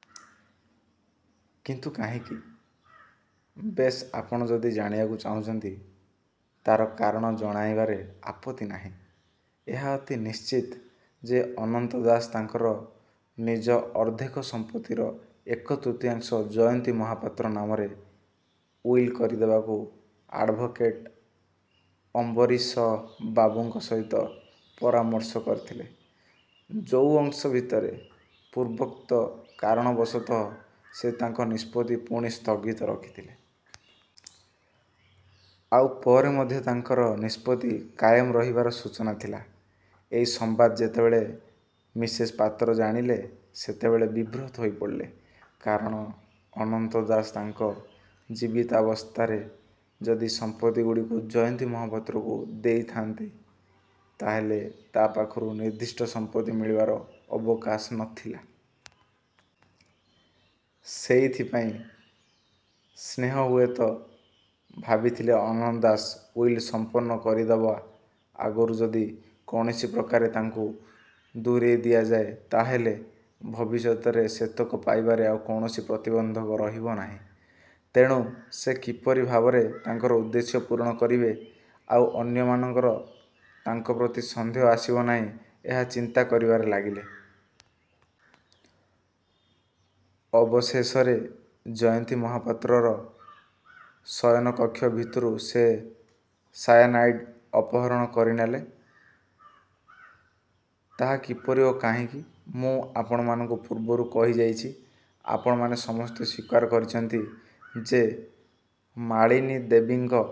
' 'କିନ୍ତୁ କାହିଁକି? ' 'ବେଶ୍, ଆପଣ ଯଦି ଜାଣିବାକୁ ଚାହୁଁଛନ୍ତି, ତାର କାରଣ ଜଣାଇବାରେ ଆପତ୍ତି ନାହିଁ। ଏହା ଅତି ନିଶ୍ଚିତ ଯେ ଅନନ୍ତ ଦାସ ତାଙ୍କର ନିଜ ଅର୍ଦ୍ଧେକ ସଂପତ୍ତିର ଏକତୃତୀୟାଂଶ ଜୟନ୍ତୀ ମହାପାତ୍ର ନାମରେ ଉଇଲ୍ କରିଦେବାକୁ ଆଡ଼୍ଭୋକେଟ ଅମ୍ବରୀଶବାବୁଙ୍କ ସହିତ ପରାମର୍ଶ କରିଥିଲେ, ଯୋଉ ଅଂଶ ଭିତରେ ପୂର୍ବୋକ୍ତ କାରଣବଶତଃ ସେ ତାଙ୍କ ନିଷ୍ପତ୍ତି ପୁଣି ସ୍ଥଗିତ ରଖିଥିଲେ। ଆଉ ପରେ ମଧ୍ୟ ତାଙ୍କର ନିଷ୍ପତ୍ତି କାୟମ ରହିବାର ସୂଚନା ଥିଲା। ଏଇ ସମ୍ବାଦ ଯେତେବେଳେ ମିସେସ ପାତ୍ର ଜାଣିଲେ ସେତେବେଳେ ବିବ୍ରତ ହେଇପଡ଼ିଲେ। କାରଣ ଅନନ୍ତ ଦାସ ତାଙ୍କ ଜୀବିତାବସ୍ଥାରେ ଯଦି ସମ୍ପତ୍ତିଗୁଡ଼ିକୁ ଜୟନ୍ତୀ ମହାପାତ୍ରକୁ ଦେଇଯାଆନ୍ତି ତା'ହେଲେ ତା ପାଖରୁ ନିର୍ଦ୍ଦିଷ୍ଟ ସଂପତ୍ତି ମିଳିବାର ଅବକାଶ ନ ଥିଲା। ସେଇଥିପାଇଁ ସ୍ନେହ ହୁଏତ ଭାବିଥିଲେ ଅନନ୍ତ ଦାସ ଉଇଲ ସଂପନ୍ନ କରିଦେବା ଆଗରୁ ଯଦି କୌଣସିପ୍ରକାରେ ତାଙ୍କୁ ଦୂରେଇଦିଆଯାଏ, ତା'ହେଲେ ଭବିଷ୍ୟତରେ ସେତକ ପାଇବାରେ ଆଉ କୌଣସି ପ୍ରତିବନ୍ଧକ ରହିବ ନାହିଁ। ତେଣୁ ସେ କିପରି ଭାବରେ ତାଙ୍କର ଉଦ୍ଦେଶ୍ୟ ପୂରଣ କରିବେ, ଆଉ ଅନ୍ୟମାନଙ୍କର ତାଙ୍କ ପ୍ରତି ସନ୍ଦେହ ଆସିବ ନାହିଁ, ଏହା ଚିନ୍ତା କରିବାରେ ଲାଗିଲେ। ଅବଶେଷରେ ଜୟନ୍ତୀ ମହାପାତ୍ରର ଶୟନକକ୍ଷ ଭିତରୁ ସେ ସାୟାନାଇଡ଼୍ ଅପହରଣ କରିନେଲେ। ତାହା କିପରି ଓ କାହିଁକି, ମୁଁ ଆପଣମାନଙ୍କୁ ପୂର୍ବରୁ କହିଯାଇଛି। ଆପଣମାନେ ସମସ୍ତେ ସ୍ୱୀକାର କରିଛନ୍ତି ଯେ ମାଳିନୀ ଦେବୀଙ୍କ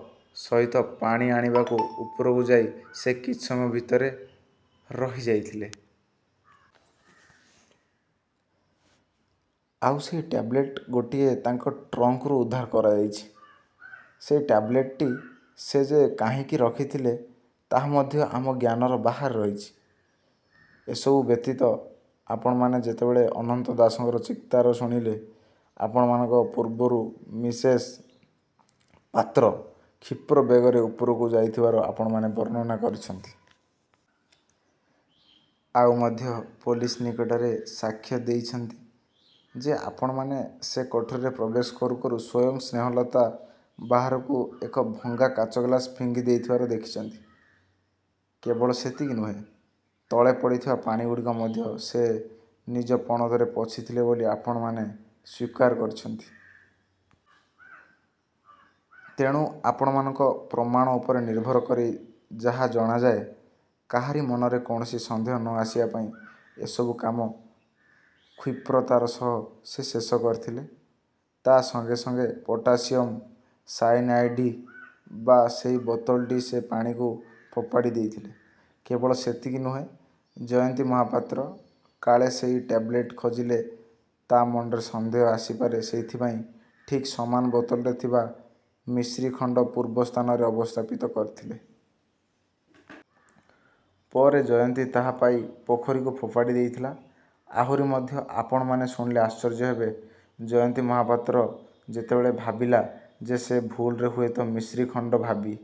ସହିତ ପାଣି ଆଣିବାକୁ ଉପରକୁ ଯାଇ ସେ କିଛି ସମୟ ଭିତରେ ରହିଯାଇଥିଲେ। ଆଉ ସେଇ ଟ୍ୟାବଲେଟ ଗୋଟିଏ ତାଙ୍କ ଟ୍ରଙ୍କରୁ ଉଦ୍ଧାର କରାଯାଇଛି। ସେଇ ଟ୍ୟାବଲେଟଟି ସେ ଯେ କାହିଁକି ରଖିଥିଲେ ତାହା ମଧ୍ୟ ଆମ ଜ୍ଞାନର ବାହାରେ ରହିଛି। 'ଏସବୁ ବ୍ୟତୀତ ଆପଣମାନେ ଯେତେବେଳେ ଅନନ୍ତ ଦାସଙ୍କର ଚିତ୍କାର ଶୁଣିଲେ, ଆପଣମାନଙ୍କ ପୂର୍ବରୁ ମିସେସ ପାତ୍ର କ୍ଷିପ୍ର ବେଗରେ ଉପରକୁ ଯାଇଥିବାର ଆପଣମାନେ ବର୍ଣ୍ଣନା କରିଛନ୍ତି। ଆଉ ମଧ୍ୟ ପୋଲିସ ନିକଟରେ ସାକ୍ଷ୍ୟ ଦେଇଛନ୍ତି ଯେ ଆପଣମାନେ ସେ କୋଠରିରେ ପ୍ରବେଶ କରୁ କରୁ ସ୍ୱୟଂ ସ୍ନେହଲତା ବାହାରକୁ ଏକ ଭଙ୍ଗା କାଚଗ୍ଳାସ ଫିଙ୍ଗିଦେଇଥିବାର ଦେଖିଛନ୍ତି-। କେବଳ ସେତିକି ନୁହେଁ, ତଳେ ପଡ଼ିଥିବା ପାଣିଗୁଡ଼ିକ ମଧ୍ୟ ସେ ନିଜ ପଣତରେ ପୋଛିଥିଲେ ବୋଲି ଆପଣମାନେ ସ୍ୱୀକାର କରିଛନ୍ତି। ତେଣୁ ଆପଣମାନଙ୍କ ପ୍ରମାଣ ଉପରେ ନିର୍ଭର କରି ଯାହା ଜଣାଯାଏ, କାହାରି ମନରେ କୌଣସି ସନ୍ଦେହ ନ ଆସିବା ପାଇଁ ଏସବୁ କାମ କ୍ଷିପ୍ରତାର ସହ ସେ ଶେଷ କରିଥିଲେ। ତା ସଙ୍ଗେ ସଙ୍ଗେ ପୋଟାସିଅମ ସାଇନାଇଡ଼୍ଥିବା ସେଇ ବୋତଲଟି ସେ ପାଣିକୁ ଫୋପାଡ଼ିଦେଇଥିଲେ। 'କେବଳ ସେତିକି ନୁହେଁ, ଜୟନ୍ତୀ ମହାପାତ୍ର କାଳେ ସେଇ ଟେବଲେଟ ଖୋଜିଲେ ତା'ମନରେ ସନ୍ଦେହ ଆସିପାରେ, ସେଥିପାଇଁ ଠିକ ସମାନ ବୋତଲରେ ଥିବା ମିଶ୍ରିଖଣ୍ଡ ପୂର୍ବ ସ୍ଥାନରେ ଅବସ୍ଥାପିତ କରିଥିଲେ। ପରେ ଜୟନ୍ତୀ ତାହା ପାଇ ପୋଖରୀକୁ ଫୋପାଡ଼ିଦେଇଥିଲା। 'ଆହୁରି ମଧ୍ୟ ଆପଣମାନେ ଶୁଣିଲେ ଆଶ୍ଚର୍ଯ୍ୟ ହେବେ, ଜୟନ୍ତୀ ମହାପାତ୍ର ଯେତେବେଳେ ଭାବିଲା ଯେ ସେ ଭୁଲରେ ହୁଏତ ମିଶ୍ରିଖଣ୍ଡ ଭାବି